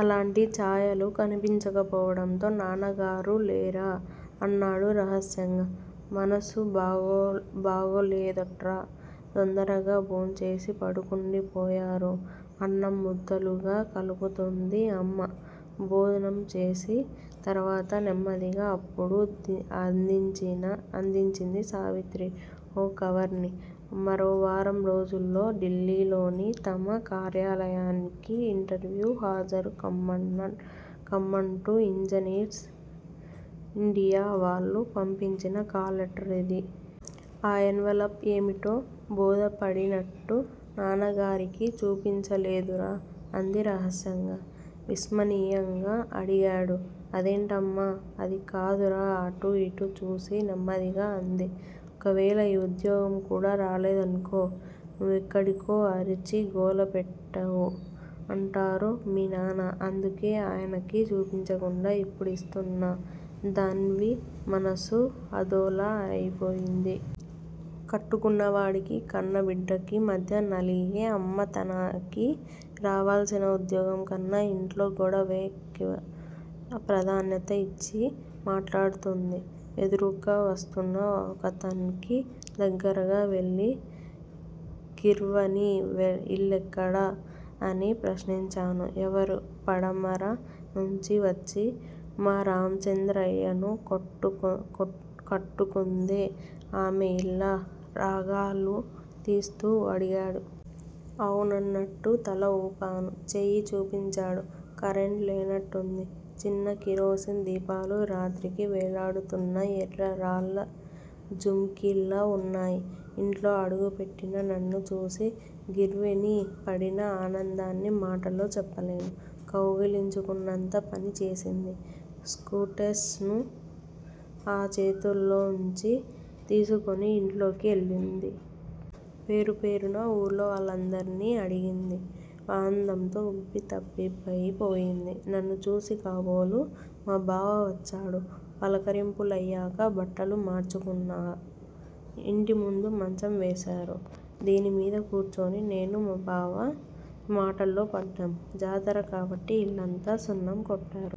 అలాంటి ఛాయలు కనిపించకపోవడంతో నాన్నగారూ లేరా? అన్నాడు రహస్యంగా. మనసు బాగోలేదట్రా! తొందరగా భోంచేసి పడుకుండిపోయారు అన్నం ముద్దలుగా కలుపుతుంది అమ్మ. భోంచేసిన తర్వాత నెమ్మదిగా అప్పుడు అదించింది సావిత్రి ఓ కవరుని. మరో వారం రోజుల్లో డిల్లీ లోని తమ కార్యాలయానికి ఇంటర్వ్యూకి హాజరు కమ్మంటు ఇంజనీర్స్ ఇండియా వాళ్ళు పంపించిన కాల్ లేటరధి. ఆ ఎనవలప్ ఏమిటో బోధపడినట్టు న్నాన్నగారికి చూపించలేదురా. అంది రహస్యంగా. విస్మయంగా అడిగాడు అదేంటమ్మా? అదికాదురా అటు ఇటు చూసి నెమ్మదిగా అంది. ఒకవేళ ఈ ఉద్యోగం కూడా రాలేదనుకో. నువ్వక్కడేడో అరిచి గోలపెట్టావు అంటారు మీ నాన్న. అందుకే ఆయనకి చూపించకుండా ఇప్పుడీస్తున్నా. ధన్వి మనసు అదోలా అయిపోయింది. కట్టుకున్నవాడికి, కన్నబిడ్డకి మధ్య నలిగే అమ్మ తనకి రావాల్సిన ఉద్యోగం కన్నా ఇంట్లో గొడవకే ఎక్కువ ప్రాధాన్యతనిచ్చి మాట్లాడుతుంది. ఎదురుగ్గా వస్తున్న ఒకతనికి దగ్గరగా వెళ్ళి గీర్వాణీ ఇల్లెక్కడ? అని ప్రశ్నించాను. ఎవరూ? పడమర నుంచి వచ్చి మా రామచంద్రయ్యను కట్టుకుందే ఆమె ఇల్లా? రాగాలు తీస్తూ అడిగాడు. అవునన్నట్టు తల వూపాను. చేయి చూపించాడు. కరెంట్ లేనట్టుంది. చిన్న కిరోసిన్ దీపాలు రాత్రికి వేలాడుతున్న ఎర్ర రాళ్ళ జుమికీల్లా వున్నాయి. ఇంట్లో అడుగుపెట్టిన నన్ను చూసి గీర్వాణి పడిన ఆనందాన్ని మాటల్లో చెప్పలేను. కౌగిలించుకున్నంత పని చేసింది. సూట్కేసును నా చేతుల్లోంచి తీసుకుని ఇంట్లో కెళ్ళి పెట్టింది. పేరు పేరునా ఊర్లో వాళ్ళందర్నీ అడిగింది. ఆనందంతో ఉబ్బితబ్బిబ్బయి పోయింది. నన్ను చూసి కాబోలు మా బావ వచ్చాడు. పలకరింపులయ్యాక బట్టలు మార్చుకున్నా. ఇంటి ముందర మంచం వేశారు. దానిమీద కూర్చుని నేనూ, మా బావ మాటల్లో పడ్డాం. జాతర కాబట్టి ఇల్లంతా సున్నం కొట్టారు.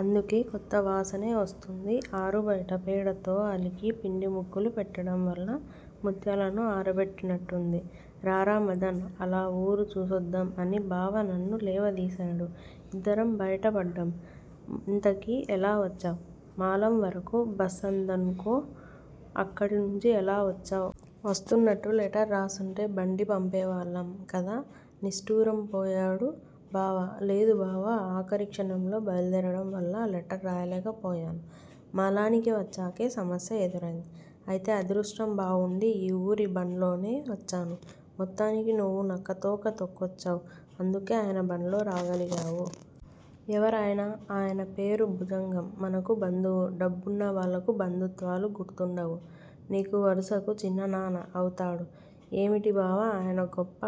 అందుకే కొత్త వాసనేస్తోంది. ఆరు బయట పేడతో అలికి పిండి ముగ్గులు పెట్టడంవల్ల ముత్యాలను ఆరబెట్టినట్టుంది. రారా మదన్! అలా వూరు చూసొద్దాం అని బావ నన్ను లేవదీశాడు. ఇద్దరం బయట పడ్డాం. ఇంతకీ ఎలా వచ్చావ్? మల్లాం వరకు బస్సుందనుకో. అక్కడి నుంచి ఎలా వచ్చావ్? వస్తున్నట్టు లెటర్ రాసుంటే బండి పంపేవాళ్ళం కదా నిష్ఠూరం పోయాడు బావ. లేదు బావా! ఆఖరి క్షణంలో బయల్దేరడం వల్ల లెటర్ రాయలేకపోయాను. మల్లానికి వచ్చాకే సమస్య ఎదురైంది. అయితే అదృష్టం బావుండి ఈ ఊరి బండ్లోనే వచ్చాను. మొత్తానికి నువ్వు నక్కతోక తొక్కచ్చావ్. అందుకే ఆయన బండ్లో రాగలిగావు. ఎవరాయన? ఆయన పేరు భుజంగం. మనకు బంధువు. డబ్బున్న వాళ్ళకు బంధుత్వాలు గుర్తుండవు. నీకు వరసకు చిన్నాన్న అవుతాడు. ఏమిటి బావా ఆయన గొప్ప?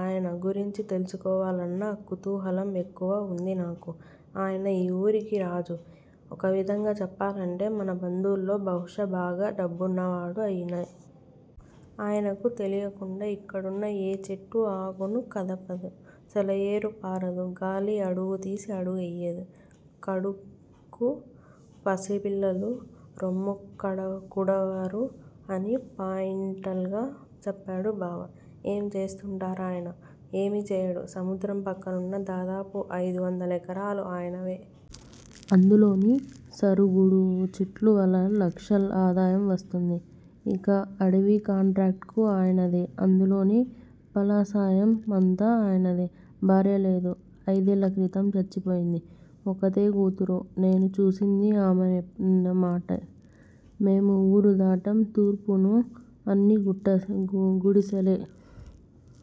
ఆయన గురించి తెలుసుకోవాలన్న కుతూహలం ఎక్కువగా వుంది నాకు. ఆయన ఈ ఊరికి రాజు. ఒక విధంగా చెప్పాలంటే మన బంధువుల్లో బహుశా బాగా డబ్బున్నవాడు ఆయనే. ఆయనకు తెలియకుండా ఇక్కడున్న ఏ చెట్టూ ఆకును కదపదు. సెలయేరు పారదు. గాలి అడుగు తీసి అడుగేయదు. కడకు పసిపిల్లలు రొమ్ము కుడవరు అని పాయింటల్ గా చెప్పాడు బావ. ఏం చేస్తుంటారాయన? ఏమీ చేయడు. సముద్రం పక్కనున్న దాదాపు అయిదు వందల ఎకరాలు ఆయనవే. అందులోని సరుగుడు చెట్ల వల్లే లక్షల ఆదాయం వస్తుంది. ఇక అడవి కాంట్రాక్టు ఆయనదే. అందులోని ఫలసాయం అంతా ఆయనదే. భార్యలేదు. అయిదేళ్ళ క్రితం చచ్చిపోయింది. ఒక్కతే కూతురు. నేను చూసింది ఆమెనేనన్నమాట. మేం ఊరు దాటాం. తూర్పున అన్నీ గుడిసెలే.